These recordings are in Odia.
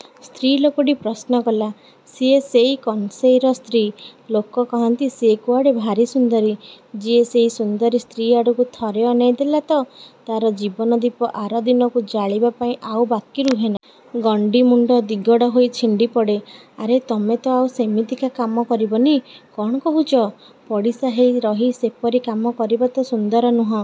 " ସ୍ତ୍ରୀ ଲୋକଟି ପ୍ରଶ୍ନ କଲା। "ସିଏ ସେଇ କଂସେଇର ସ୍ତ୍ରୀ। ଲୋକ କହନ୍ତି ସିଏ କୁଆଡ଼େ ଭାରି ସୁନ୍ଦରୀ। ଯିଏ ସେଇ ସୁନ୍ଦରୀ ସ୍ତ୍ରୀ ଆଡ଼କୁ ଥରେ ଅନେଇ ଦେଲା ତ, ତା'ର ଜୀବନ-ଦୀପ ଆର ଦିନକୁ ଜାଳିବା ପାଇଁ ଆଉ ବାକି ରୁହେନା। ଗଣ୍ଡି ମୁଣ୍ଡ ଦିଗଡ଼ ହୋଇ ଛିଣ୍ଡି ପଡ଼େ। " "ଆରେ, ତମେ ତ ଆଉ ସେମିତିକା କାମ କରିବନି, କ'ଣ କହୁଚ? " "ପଡ଼ିଶା ହେଇ ରହି ସେପରି କାମ କରିବା ତ ସୁନ୍ଦର ନୁହଁ।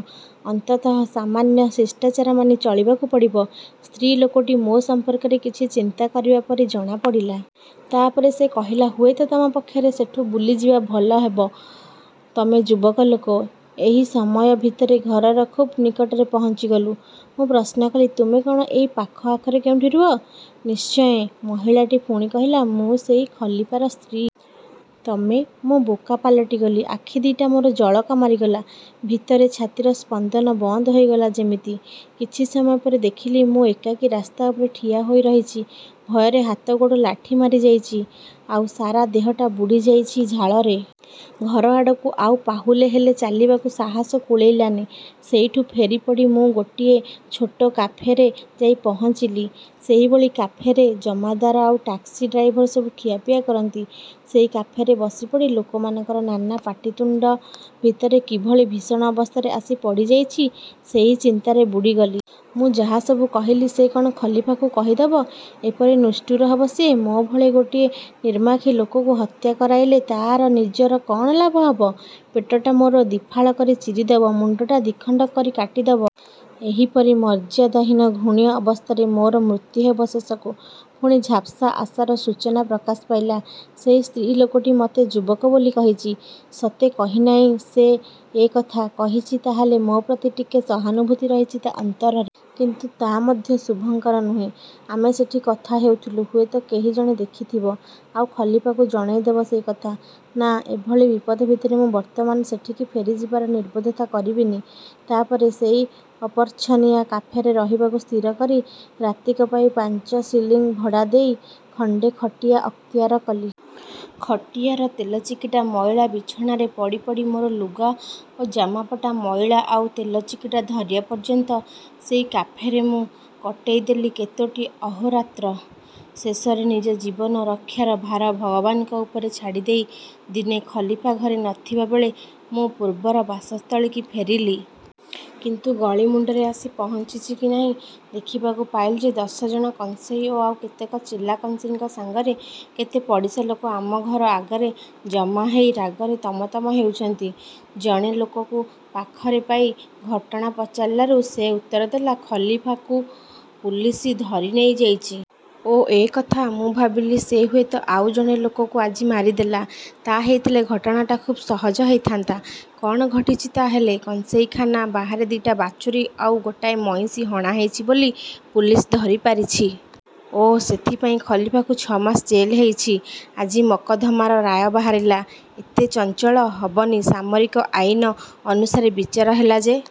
ଅନ୍ତତଃ ସାମାନ୍ୟ ଶିଷ୍ଟାଚାର ମାନି ଚଳିବାକୁ ପଡ଼ିବ। " ସ୍ତ୍ରୀ ଲୋକଟି ମୋ ସମ୍ପର୍କରେ କିଛି ଚିନ୍ତା କରିବା ପରି ଜଣାପଡ଼ିଲା। ତା'ପରେ ସେ କହିଲା। "ହୁଏତ ତମ ପକ୍ଷରେ ସେଠୁ ବୁଲିଯିବା ଭଲ ହବ। ତମେ ଯୁବକ ଲୋକ। " ଏହି ସମୟ ଭିତରେ ଘରର ଖୁବ୍ ନିକଟରେ ପହଞ୍ଚିଗଲୁ। ମୁଁ ପ୍ରଶ୍ନ କଲି। "ତୁମେ କଣ ଏଇ ପାଖ ଆଖରେ କେଉଁଠି ରୁହ? "ନିଶ୍ଚୟ। " ମହିଳାଟି ପୁଣି କହିଲା, "ମୁଁ ସେଇ ଖଲିପାର ସ୍ତ୍ରୀ। " "ତମେ! " ମୁଁ ବୋକା ପାଲଟିଗଲି। ଆଖି ଦିଟା ମୋର ଜଳକା ମାରିଗଲା। ଭିତରେ ଛାତିର ସ୍ପନ୍ଦନ ବନ୍ଦ ହୋଇଗଲା ଯେମିତି... କିଛି ସମୟ ପରେ ଦେଖିଲି, ମୁଁ ଏକାକୀ ରାସ୍ତା ଉପରେ ଠିଆ ହୋଇ ରହିଛି। ଭୟରେ ହାତଗୋଡ଼ ଲାଠି ମାରିଯାଇଚି, ଆଉ ସାରା ଦେହଟା ବୁଡ଼ିଯାଇଛି ଝାଳରେ। ଘରଆଡ଼କୁ ଆଉ ପାହୁଲେ ହେଲେ ଚାଲିବାକୁ ସାହସ କୁଳେଇଲାନି। ସେଇଠୁ ଫେରିପଡ଼ି ମୁଁ ଗୋଟିଏ ଛୋଟ କାଫେରେ ଯାଇ ପହଞ୍ଚିଲି। ସେହିଭଳି କାଫେରେ ଜମାଦାର ଆଉ ଟାକ୍ସି ଡ୍ରାଇଭର ସବୁ ଖିଆପିଆ କରନ୍ତି। ସେଇ କାଫେରେ ବସିପଡ଼ି ଲୋକମାନଙ୍କର ନାନା ପାଟିତୁଣ୍ଡ ଭିତରେ କିଭଳି ଭୀଷଣ ଅବସ୍ଥାରେ ଆସି ପଡ଼ିଯାଇଛି ସେଇ ଚିନ୍ତାରେ ବୁଡ଼ିଗଲି।... ମୁଁ ଯାହାସବୁ କହିଲି ସେ କଣ ଖଲିଫାକୁ କହିଦବ? ଏପରି ନିଷ୍ଠୁର ହବ ସିଏ? ମୋ ଭଳି ଗୋଟିଏ ନିର୍ମାଖୀ ଲୋକକୁ ହତ୍ୟା କରାଇଲେ ତାର ନିଜର କଣ ଲାଭ ହବ? ପେଟଟା ମୋର ଦିଫାଳ କରି ଚିରି ଦବ, ମୁଣ୍ଡଟା ଦିଖଣ୍ଡ କରି କାଟିଦବ... ଏହିପରି ମର୍ଯ୍ୟାଦାହୀନ ଘୃଣ୍ୟ ଅବସ୍ଥାରେ ମୋର ମୃତ୍ୟୁ ହେବ ଶେଷକୁ? ପୁଣି ଝାପ୍ସା ଆଶାର ସୂଚନା ପ୍ରକାଶ ପାଇଲା, ସେହି ସ୍ତ୍ରୀ ଲୋକଟି ମତେ ଯୁବକ ବୋଲି କହିଛି, ସତେ କହିନାହିଁ ସେ ଏ କଥା? କହିଛି, ତାହେଲେ, ମୋ ପ୍ରତି ଟିକେ ସହାନୁଭୂତି ରହିଛି ତା' ଅନ୍ତରରେ। କିନ୍ତୁ ତା ମଧ୍ୟ ଶୁଭଙ୍କର ନୁହେଁ। ଆମେ ସେଠି କଥା ହେଉଥିଲୁ, ହୁଏତ କେହି ଜଣେ ଦେଖିଥିବ, ଆଉ ଖଲିଫାକୁ ଜଣେଇ ଦବ ସେଇକଥା। ନା, ଏଭଳି ବିପଦ ଭିତରେ ମୁଁ ବର୍ତ୍ତମାନ ସେଠିକି ଫେରିଯିବାର ନିର୍ବୋଧତା କରିବିନି। ତାପରେ ସେଇ ଅପର୍ଛନିଆ କାଫେରେ ରହିବାକୁ ସ୍ଥିର କରି ରାତିକ ପାଇଁ ପାଞ୍ଚ ଶିଲିଂ ଭଡ଼ା ଦେଇ ଖଣ୍ଡେ ଖଟିଆ ଅକ୍ତିଆର କଲି। ଖଟିଆର ତେଲଚିକିଟା ମଇଳା ବିଛଣାରେ ପଡ଼ିପଡ଼ି ମୋର ଲୁଗା ଓ ଜାମାପଟା ମଇଳା ଆଉ ତେଲଚିକିଟା ଧରିବା ପର୍ଯ୍ୟନ୍ତ ସେଇ କାଫେରେ ମୁଁ କଟେଇ ଦେଲି କେତୋଟି ଅହୋରାତ୍ର। ଶେଷରେ ନିଜ ଜୀବନ ରକ୍ଷାର ଭାର ଭଗବାନଙ୍କ ଉପରେ ଛାଡ଼ି ଦେଇ ଦିନେ ଖଲିଫା ଘରେ ନଥିବା ବେଳେ ମୁଁ ପୂର୍ବର ବାସସ୍ଥଳୀକି ଫେରିଲି। କିନ୍ତୁ ଗଳି ମୁଣ୍ଡରେ ଆସି ପହଞ୍ଚିଛି କି ନାହିଁ, ଦେଖିବାକୁ ପାଇଲି ଯେ ଦଶଜଣ କଂସେଇ ଓ ଆଉ କେତେକ ଚେଲା କଂସେଇଙ୍କ ସାଙ୍ଗରେ କେତେ ପଡ଼ିଶାଲୋକ ଆମ ଘର ଆଗରେ ଜମା ହେଇ ରାଗରେ ତମ ତମ ହେଉଛନ୍ତି। ଜଣେ ଲୋକକୁ ପାଖରେ ପାଇ ଘଟଣା ପଚାରିଲାରୁ ସେ ଉତ୍ତର ଦେଲା, "ଖଲିଫାଙ୍କୁ ପୁଲିସ ଧରୁ ନେଇଯାଇଛି। " "ଓ... ଏ କଥା? ମୁଁ ଭାବିଲି, ସେ ହୁଏତ ଆଉ ଜଣେ ଲୋକକୁ ଆଜି ମାରିଦେଲା। " "ତା ହେଇଥିଲେ ଘଟଣାଟା ଖୁବ୍ ସହଜ ହେଇଥାନ୍ତା। " "କଣ ଘଟିଛି ତା ହେଲେ? " "କଂସେଇଖାନା। ବାହାରେ ଦିଟା ବାଛୁରି ଆଉ ଗୋଟାଏ ମଇଁଷି ହଣା ହେଇଛି ବୋଲି ପୁଲିସ ଧରି ପାରିଛି। " "ଓ! " "ସେଥିପାଇଁ ଖଲିଫାକୁ ଛ'ମାସ ଜେଲ ହେଇଛି। ଆଜି ମକଦ୍ଦମାର ରାୟ ବାହାରିଲା-। " "ଏତେ ଚଞ୍ଚଳ? " "ହବନି, ସାମରିକ ଆଇନ ଅନୁସାରେ ବିଚାର ହେଲା ଯେ।